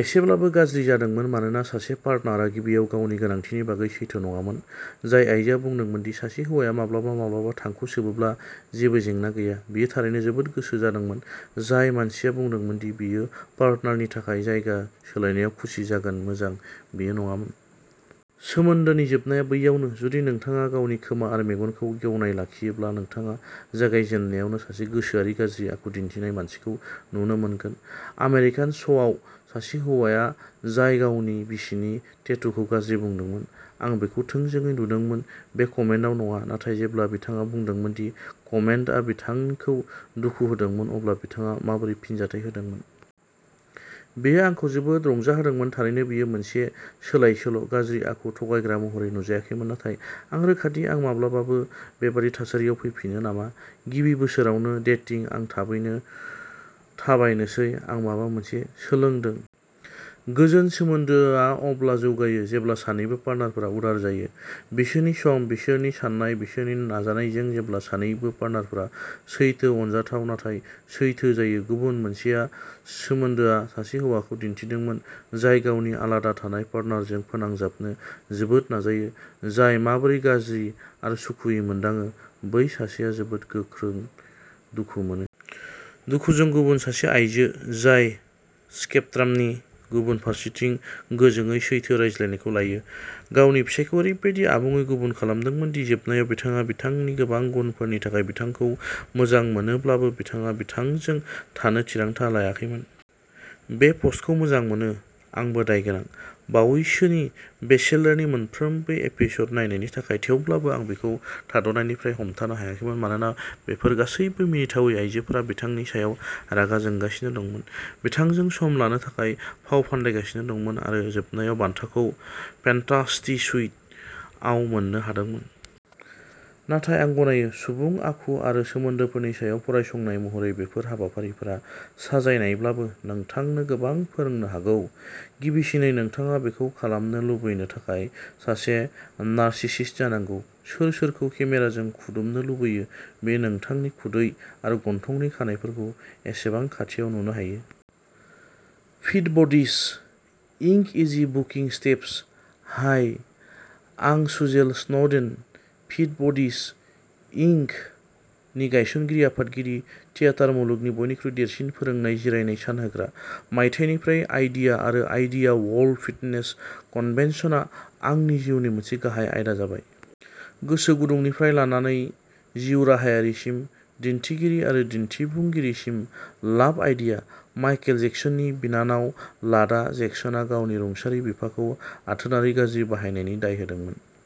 एसेब्लाबो गाज्रि जादोंमोन मानोना सासे पार्टनारआ गिबियाव गावनि गोनांथिनि बागै सैथो नङामोन। जाय आइजोआ बुंदोंमोन दि "सासे हौवाया माब्लाबा-माब्लाबा थांखु सोबोब्ला जेबो जेंना गैया", बियो थारैनो जोबोद गोसो जादोंमोन। जाय मानसिया बुंदोंमोन दि बियो पार्टनारनि थाखाय जायगा सोलायनायाव खुसि जागोन-मोजां, बियो नङामोन। सोमोन्दोनि जोबनाया बैयावनो। जुदि नोंथाङा गावनि खोमा आरो मेगनखौ गेवनाय लाखियोब्ला नोंथाङा जागायजेननायावनो सासे गोसोआरि गाज्रि आखु दिन्थिनाय मानसिखौ नुनो मोनगोन। आमेरिकान श'आव, सासे हौवाया जाय गावनि बिसिनि टेटूखौ'गाज्रि'बुंदोंमोन; आं बेखौ थोंजोङै नुदोंमोन-बै कमेन्टआव नङा, नाथाय जेब्ला बिथाङा बुंदोंमोन दि कमेन्टआ बिथांखौ दुखु होदोंमोन, अब्ला बिथाङा माबोरै फिनजाथाय होदोंमोन। बेयो आंखौ जोबोद रंजाहोदोंमोन। थारैनो बियो मोनसे सोलायसोल', गाज्रि आखु, थगायग्रा महरै नुजायाखैमोन, नाथाय आं रोखा दि आं माब्लाबाबो बेबादि थासारियाव फैफिनो नामा, गिबि बोसोरावनो। डेटिं, आं थाबैनो थाबायनोसै। आं माबा मोनसे सोलोंदों! गोजोन सोमोन्दोआ अब्ला जौगायो जेब्ला सानैबो पार्टनारफोरा उदार जायो। बिसोरनि सम, बिसोरनि साननाय, बिसोरनि नाजानायजों। जेब्ला सानैबो पार्टनारफोरा सैथो, अनजाथाव नाथाय सैथो जायो। गुबुन मोनसेआ सोमोन्दोआ सासे हौवाखौ दिन्थिदोंमोन, जाय गावनि आलादा थानाय पार्टनारजों फोनांजाबनो जोबोद नाजायो, जाय माबोरै'गाज्रि'आरो'सुखुयै'मोनदाङो बै सासेआ जोबोद गोख्रै दुखु मोनो। दुखुजों गुबुन सासे आयजो जाय स्पेकट्रामनि गुबुन फारसेथिं गोजोंयै सैथो रायज्लायनायखौ लायो, गावनि फिसायखौ ओरैबायदि आबुङै गुबुन खालामदोंमोन दि, जोबनायाव बिथाङा बिथांनि गोबां गुनफोरनि थाखाय बिथांखौ मोजां मोनोब्लाबो, बिथाङा बिथांजों थानो थिरांथा लायाखैमोन। बे पस्टखौ मोजां मोनो। आंबो दायगोनां... बावैसोनि बेचेलरनि मोनफ्रोमबो एपिस'ड नायनायनि थाखाय, थेवब्लाबो। आं बिखौ थाद'नायनिफ्राय हमथानो हायाखैमोन, मानोना बेफोर गासैबो मिनिथावै आइजोफोरा बिथांनि सायाव रागा जोंगासिनो दंमोन, बिथांजों सम लानो थाखाय फावफान्दायगासिनो दंमोन, आरो जोबनायाव बान्थाखौ "फेन्टासि सुइट" आव मोन्नो हादोंमोन। नाथाय आं गनायो। सुबुं आखु आरो सोमोन्दोफोरनि सायाव फरायसंनाय महरै बेफोर हाबाफारिफोरा, साजायनायब्लाबो, नोंथांनो गोबां फोरोंनो हागौ। गिबिसिनै, नोंथाङा बेखौ खालामनो लुबैनो थाखाय सासे नार्सिसिस्ट जानांगौ। सोर सोरखौ केमेराजों खुदुमनो लुबैयो, बेयो नोंथांनि खुदै आरो गन्थंनि खानाइफोरखौ एसेबां खाथियाव नुनो हायो? फिट बडीज, इंक.-इजि बुकिं स्टेप्स! हाय! आं Suzelle Snowden, Fit Buddies, Inc.. नि गायसनगिरि आफादगिरि टियाटार-मुलुगनि बयनिख्रुइबो देरसिन फोरोंनाय जिरायनाय सान होग्रा। मायथाइनिफ्राय आइडिया आरो आइडिया वर्ल्ड फिटनेस कन्भेन्सनआ आंनि जिउनि मोनसे गाहाय आयदा जाबाय। गोसोगुदुंनिफ्राय लानानै जिउराहायारिसिम, दिन्थिगिरि आरो दिन्थिफुंगिरिसिम। Love IDEA! माइकेल जेक्सननि बिनानाव लाटया जेक्सनआ गावनि रुंसारि बिफाखौ आथोनारि गाज्रि बाहायनायनि दाय होदोंमोन।